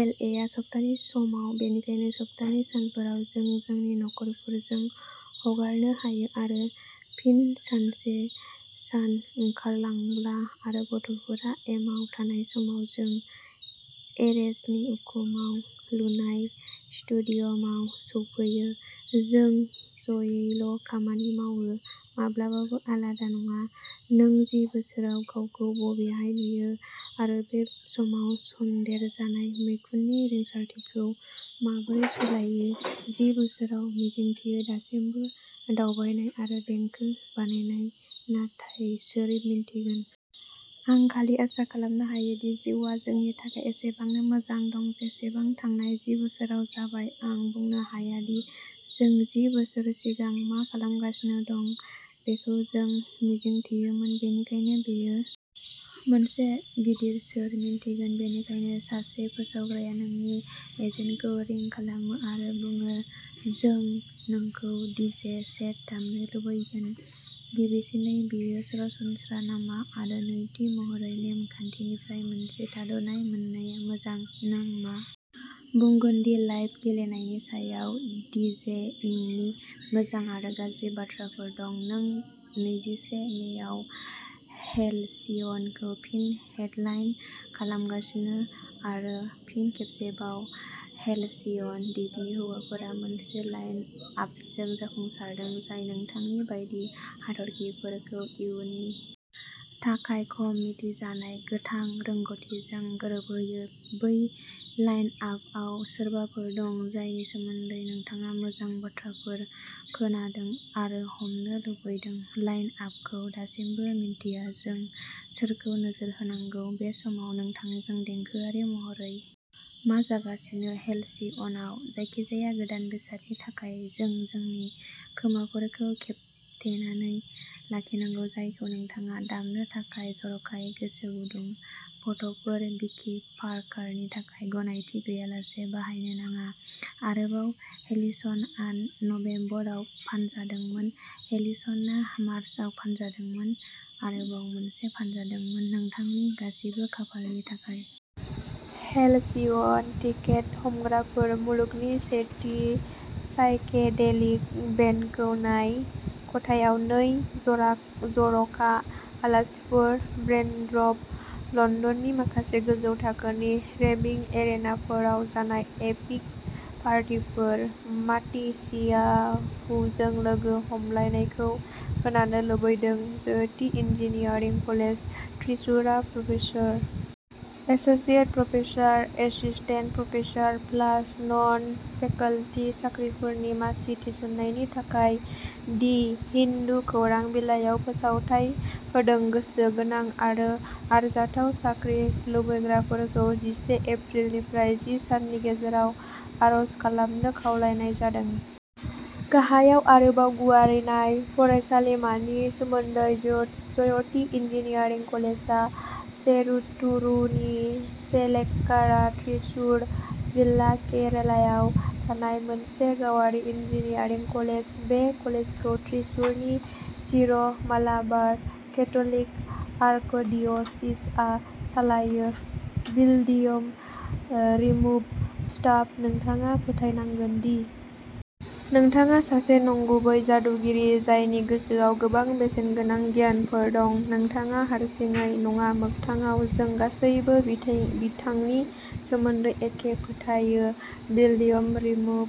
L A आ सप्तानि समाव बेनिखायनो सप्तानि सानफोराव जों जोंनि नखरफोरजों हगारनो हायो आरो फिन सानसे सान ओंखारलांब्ला आरो गथ'फोरा एमाव थानाय समाव जों एरेजनि उखुमाव लुनाय स्टुडियम'आव सौफैयो जों जयैल खामानि मावो माब्लाबाबो आलादा नङा नों जि बोसोराव गावखौ बबेहाय नुयो आरो बै समाव सन्देरजानाय मैखुननि रिंसारथिखौ माबोरै सोलायो जि बोसोराव मिजिंथियो दासिमबो दावबायनाय आरो देंखो बानायनाय नाथाय सोर मिन्थिगोन! आं खालि आसा खालामनो हायो दि जिउआ जोंनि थाखाय एसेबांनो मोजां दं जेसेबां थांनाय जि बोसोराव जाबाय आं बुंनो हाया दि जों जि बोसोर सिगां मा खालामगासिनो दं बेखौ जों मिजिंथियोमोन बेनिखायनो बेयो मोनसे गिदिर'सोर मिन्थिगोन बेनिखायनो सासे फोसावग्राया नोंनि एजेन्टखौ रिं खालामो आरो बुङो जों नोंखौ डीजे सेट दामनो लुबैगोन गिबिसिनै बेयो सरासनस्रा नामा आरो नैथि महरै नेम खान्थिनिफ्राय मोनसे थाद'नाय मोननाया मोजां नों मा बुंगोन दि लाइभ गेलेनायनि सायाव डीजेइंगनि मोजां आरो गाज्रि बाथ्राफोर दं नों नैजिसे मेआव हेलसिअनखौ फिन हेडलाइन खालामगासिनो आरो फिन खेबसेबाव हेलसिअन दिपनि हौवाफोरा मोनसे लाइन आपजों जाफुंसारदों जाय नोंथांनि बायदि हाथरखिफोरखौ इयुननि थाखाय खम मिथिजानाय गोथां रोंग'थिजों गोरोबहोयो बै लाइन आपआव सोरबाफोर दं जायनि सोमोन्दै नोंथाङा मोजां बाथ्राफोर खोनादों आरो हमनो लुबैदों लाइन आपखौ दासिमबो मिन्थिया जों सोरखौ नोजोर होनांगौ बे समाव नोंथांजों देंखोआरि महरै मा जागासिनो हेलसिअनआव जायखिजाया गोदान बेसादनि थाखाय जों जोंनि खोमाफोरखौ खेबथेनानै लाखिनांगौ जायखौ नोंथाङा दामनो थाखाय जर'खायै गोसो गुदुं फट'फोर भिकि पार्कारनि थाखाय गनायथि गैयालासे बाहायनो नाङा आरोबाव हेलिसअनआ नबेम्बराव फानजादोंमोन हेलिसअनआ मार्चआव फानजादोंमोन आरोबाव मोनसे फानजादोंमोन नोंथांनि गासिबो खाफालनि थाखाय! हेलसिअन टिकेट हमग्राफोर! मुलुगनि से थि साइकेडेलिक बेन्डखौ नाय खथायाव नै जरा जर'खा आलासिफोर ब्रेन्ड्रप लन्दननि माखासे गोजौ थाखोनि रेभिं एरेनाफोराव जानाय एपिक पार्टीफोर माटिसियाहुजों लोगो हमलायनायखौ खोनानो लुबैदों ज्य'थि इन्जिनियारिं कलेज थ्रिसुरा professor associate professor assistant professor plus non faculty साख्रिफोरनि मासि थिसननायनि थाखाय दि हिन्दु खौरां बिलाइयाव फोसावथाइ होदों गोसो गोनां आरो आरजाथाव साख्रि लुबैग्राफोरखौ जिसे एप्रिल निफ्राय जि साननि गेजेराव आर'ज खालामनो खावलायनाय जादों गाहायाव आरोबाव गुवारै नाय फरायसालिमानि सोमोन्दै जत ज्य'ति इन्जिनियारिं कलेजआ चेरुतुरुनि चेलेक्कारा थ्रिसुर जिल्ला केरालायाव थानाय मोनसे गावारि इन्जिनियारिं कलेज बे कलेजखौ थ्रिसुरनि सिर' मालाबार केथ'लिक आर्कडिअसिसआ सालायो बिल्डियम ओ रिमुभ स्टाफ नोंथाङा फोथायनांगोन दि नोंथाङा सासे नंगुबै जादुगिरि जायनि गोसोआव गोबां बेसेनगोनां गियानफोर दं नोंथाङा हारसिङै नङा मोगथाङाव जों गासैबो बिथै बिथांनि सोमोन्दै एखे फोथायो बिल्डियम रिमुभ